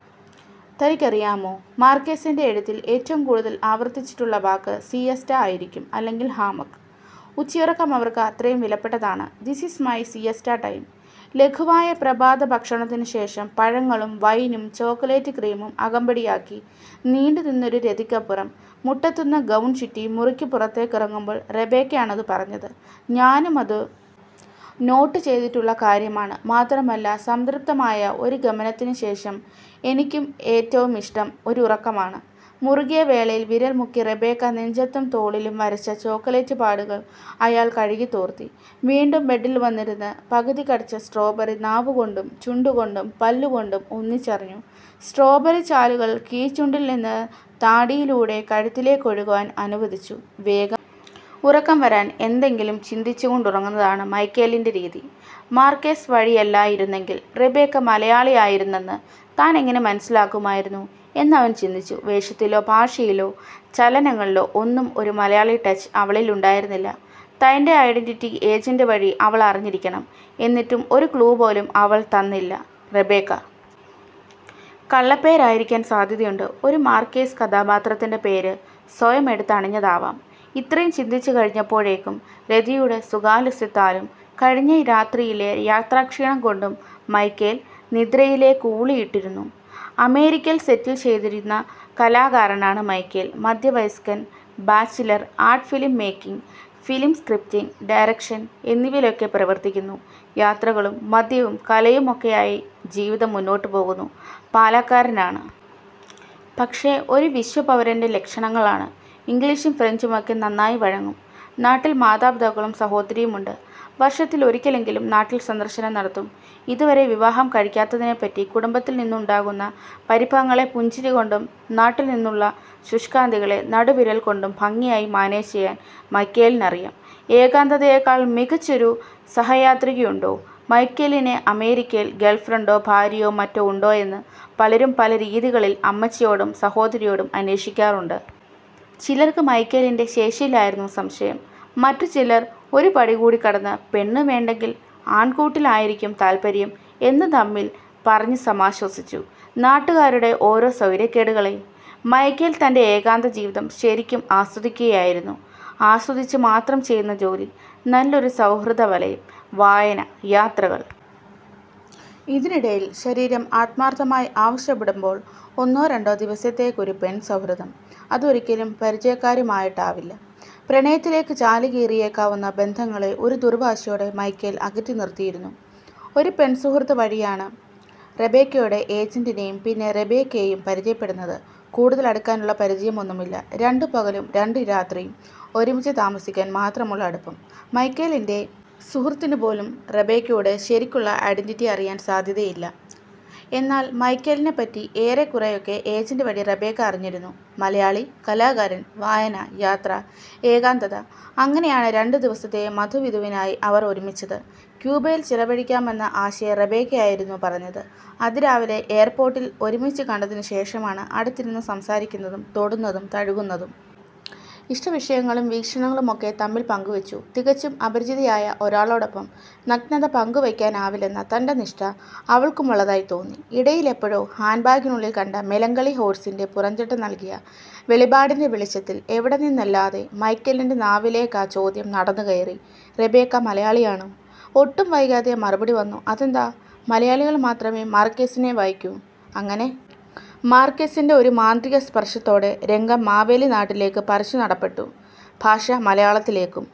തനിക്കറിയാമോ? മാർക്കേസിന്റെ എഴുത്തിൽ ഏറ്റവും കൂടുതൽ ആവർത്തിച്ചിട്ടുള്ള വാക്ക് സീയസ്റ്റ ആയിരിക്കും. അല്ലെങ്കിൽ ഹാമക്ക്. ഉച്ചയുറക്കം അവർക്ക് അത്രയും വിലപ്പെട്ടതാണ്. ദിസ് ഈസ് മൈ സീയസ്റ്റ ടൈം.ലഘുവായ പ്രഭാതഭക്ഷണത്തിനു ശേഷം പഴങ്ങളും വൈനും ചോക്കലേറ്റ് ക്രീമും അകമ്പടിയാക്കി നീണ്ടുനിന്നൊരു രതിക്കപ്പുറം മുട്ടെത്തുന്ന ഗൗൺ ചുറ്റി മുറിക്കു പുറത്തേക്കിറങ്ങുമ്പോൾ റബേക്കയാണതു പറഞ്ഞത്. ഞാനുമതു നോട്ട് ചെയ്തിട്ടുള്ള കാര്യമാണ്. മാത്രമല്ല, സംതൃപ്തമായ ഒരു ഗമനത്തിനു ശേഷം എനിക്കും ഏറ്റവുമിഷ്ടം ഒരുറക്കമാണ്. മുറുകിയ വേളയിൽ വിരൽ മുക്കി റബേക്ക നെഞ്ചത്തും തോളിലും വരച്ച ചോക്കലേറ്റ് പാടുകൾ അയാൾ കഴുകിത്തോർത്തി. വീണ്ടും ബെഡിൽ വന്നിരുന്ന് പകുതി കടിച്ച സ്ട്രോബറി നാവുകൊണ്ടും ചുണ്ടുകൊണ്ടും പല്ലുകൊണ്ടും ഒന്നിച്ചറിഞ്ഞു. സ്ട്രോബറി ചാലുകൾ കീഴ്ച്ചുണ്ടിൽനിന്ന് താടിയിലൂടെ കഴുത്തിലേക്കൊഴുകാൻ അനുവദിച്ചു. വേഗം ഉറക്കം വരാൻ എന്തെങ്കിലും ചിന്തിച്ചുകൊണ്ടുറങ്ങുന്നതാണു മൈക്കേലിന്റെ രീതി. മാർക്കേസ് വഴിയല്ലായിരുന്നെങ്കിൽ റബേക്ക മലയാളിയായിരുന്നെന്ന് താനെങ്ങനെ മനസ്സിലാക്കുമായിരുന്നു എന്ന് അവൻ ചിന്തിച്ചു. വേഷത്തിലോ ഭാഷയിലോ ചലനങ്ങളിലോ ഒന്നും ഒരു മലയാളി ടച്ച് അവളിലുണ്ടായിരുന്നില്ല. തന്റെ ഐഡന്റിറ്റി ഏജന്റ് വഴി അവൾ അറിഞ്ഞിരിക്കണം. എന്നിട്ടും ഒരു ക്ലൂ പോലും അവൾ തന്നില്ല. റബേക്ക കള്ളപ്പേരായിരിക്കാൻ സാധ്യതയുണ്ട്. ഒരു മാർക്കേസ് കഥാപാത്രത്തിന്റെ പേര് സ്വയമെടുത്തണിഞ്ഞതാവാം. ഇത്രയും ചിന്തിച്ചുകഴിഞ്ഞപ്പോഴേക്കും രതിയുടെ സുഖാലസ്യത്താലും കഴിഞ്ഞ രാത്രിയിലെ യാത്രാക്ഷീണംകൊണ്ടും മൈക്കേൽ നിദ്രയിലേക്കൂളിയിട്ടിരുന്നു. അമേരിക്കയിൽ സെറ്റിൽ ചെയ്തിരിക്കുന്ന കലാകാരനാണ് മൈക്കേൽ. മധ്യവയസ്കൻ. Bachelor. Ad film making, film scripting, direction എന്നിവയിലൊക്കെ പ്രവർത്തിക്കുന്നു. യാത്രകളും മദ്യവും കലയുമൊക്കെയായി ജീവിതം മുന്നോട്ടുപോകുന്നു. പാലാക്കാരനാണ്, പക്ഷേ ഒരു വിശ്വപൗരന്റെ ലക്ഷണങ്ങളാണ്. ഇംഗ്ലീഷും ഫ്രഞ്ചുമൊക്കെ നന്നായി വഴങ്ങും. നാട്ടിൽ മാതാപിതാക്കളും സഹോദരിയുമുണ്ട്. വർഷത്തിലൊരിക്കലെങ്കിലും നാട്ടിൽ സന്ദർശനം നടത്തും. ഇതുവരെ വിവാഹം കഴിക്കാത്തതിനെപ്പറ്റി കുടുംബത്തിൽനിന്നുണ്ടാകുന്ന പരിഭവങ്ങളെ പുഞ്ചിരികൊണ്ടും നാട്ടിൽനിന്നുള്ള ശുഷ്കാന്തികളെ നടുവിരൽകൊണ്ടും ഭംഗിയായി മാനേജ് ചെയ്യാൻ മൈക്കേലിനറിയാം. ഏകാന്തതയേക്കാൾ മികച്ചൊരു സഹയാത്രികയുണ്ടോ. മൈക്കേലിന് അമേരിക്കയിൽ ഗേൾഫ്രണ്ടോ ഭാര്യയോ മറ്റോ ഉണ്ടോയെന്ന് പലരും പല രീതികളിൽ അമ്മച്ചിയോടും സഹോദരിയോടും അന്വേഷിക്കാറുണ്ട്. ചിലർക്ക് മൈക്കേലിന്റെ ശേഷിയിലായിരുന്നു സംശയം. മറ്റു ചിലർ ഒരു പടി കൂടി കടന്ന് പെണ്ണു വേണ്ടെങ്കിൽ ആൺകൂട്ടിലായിരിക്കും താൽപര്യം എന്ന് തമ്മിൽ പറഞ്ഞു സമാശ്വസിച്ചു. നാട്ടുകാരുടെ ഓരോ സ്വൈര്യക്കേടുകളേ. മൈക്കേൽ തന്റെ ഏകാന്തജീവിതം ശരിക്കും ആസ്വദിക്കുകയായിരുന്നു. ആസ്വദിച്ചു മാത്രം ചെയ്യുന്ന ജോലി, നല്ലൊരു സൗഹൃദവലയം, വായന, യാത്രകൾ. ഇതിനിടയിൽ ശരീരം ആത്മാർത്ഥമായി ആവശ്യപ്പെടുമ്പോൾ ഒന്നോ രണ്ടോ ദിവസത്തേക്കൊരു പെൺസൗഹൃദം. അത് ഒരിക്കലും പരിചയക്കാരുമായിട്ടാവില്ല. പ്രണയത്തിലേക്കു ചാലുകീറിയേക്കാവുന്ന ബന്ധങ്ങളെ ഒരു ദുർവാശിയോടെ മൈക്കേൽ അകറ്റിനിർത്തിയിരുന്നു. ഒരു പെൺസുഹൃത്ത് വഴിയാണ് റബേക്കയുടെ ഏജന്റിനെയും പിന്നെ റബേക്കയെയും പരിചയപ്പെടുന്നത്. കൂടുതൽ അടുക്കാനുള്ള പരിചയമൊന്നുമില്ല. രണ്ടു പകലും രണ്ടു രാത്രിയും ഒരുമിച്ചു താമസിക്കാൻ മാത്രമുള്ള അടുപ്പം. മൈക്കേലിന്റെ സുഹൃത്തിനുപോലും റബേക്കയുടെ ശരിക്കുള്ള ഐഡന്റിറ്റി അറിയാൻ സാധ്യതയില്ല. എന്നാൽ മൈക്കേലിനെപ്പറ്റി ഏറെക്കുറെയൊക്കെ ഏജന്റ് വഴി റബേക്ക അറിഞ്ഞിരുന്നു. മലയാളി, കലാകാരൻ, വായന, യാത്ര, ഏകാന്തത. അങ്ങനെയാണ് രണ്ടു ദിവസത്തെ മധുവിധുവിനായി അവർ ഒരുമിച്ചത്. ക്യൂബയിൽ ചെലവഴിക്കാമെന്ന ആശയം റബേക്കയായിരുന്നു പറഞ്ഞത്. അതിരാവിലെ എയർപോർട്ടിൽ ഒരുമിച്ചു കണ്ടതിനു ശേഷമാണ് അടുത്തിരുന്ന് സംസാരിക്കുന്നതും തൊടുന്നതും തഴുകുന്നതും. ഇഷ്ടവിഷയങ്ങളും വീക്ഷണങ്ങളുമൊക്കെ തമ്മിൽ പങ്കുവെച്ചു. തികച്ചും അപരിചിതയായ ഒരാളോടൊപ്പം നഗ്നത പങ്കുവയ്ക്കാനാവില്ലെന്ന തന്റെ നിഷ്ഠ അവൾക്കുമുള്ളതായി തോന്നി. ഇടയിലെപ്പോഴോ ഹാൻഡ് ബാഗിനുള്ളിൽ കണ്ട മെലങ്കളി ഹോഴ്സിന്റെ പുറംചട്ട നൽകിയ വെളിപാടിന്റെ വെളിച്ചത്തിൽ എവിടെ നിന്നെന്നില്ലാതെ മൈക്കേലിന്റെ നാവിലേക്കാ ചോദ്യം നടന്നുകയറി. റബേക്ക മലയാളിയാണോ? ഒട്ടും വൈകാതെ മറുപടി വന്നു. അതെന്താ, മലയാളികൾ മാത്രമേ മാർക്കേസിനെ വായിക്കൂ. അങ്ങനെ മാർക്കേസിന്റെ ഒരു മാന്ത്രിക സ്പർശത്തോടെ രംഗം മാവേലി നാട്ടിലേക്കു പറിച്ചുനടപ്പെട്ടു. ഭാഷ മലയാളത്തിലേക്കും.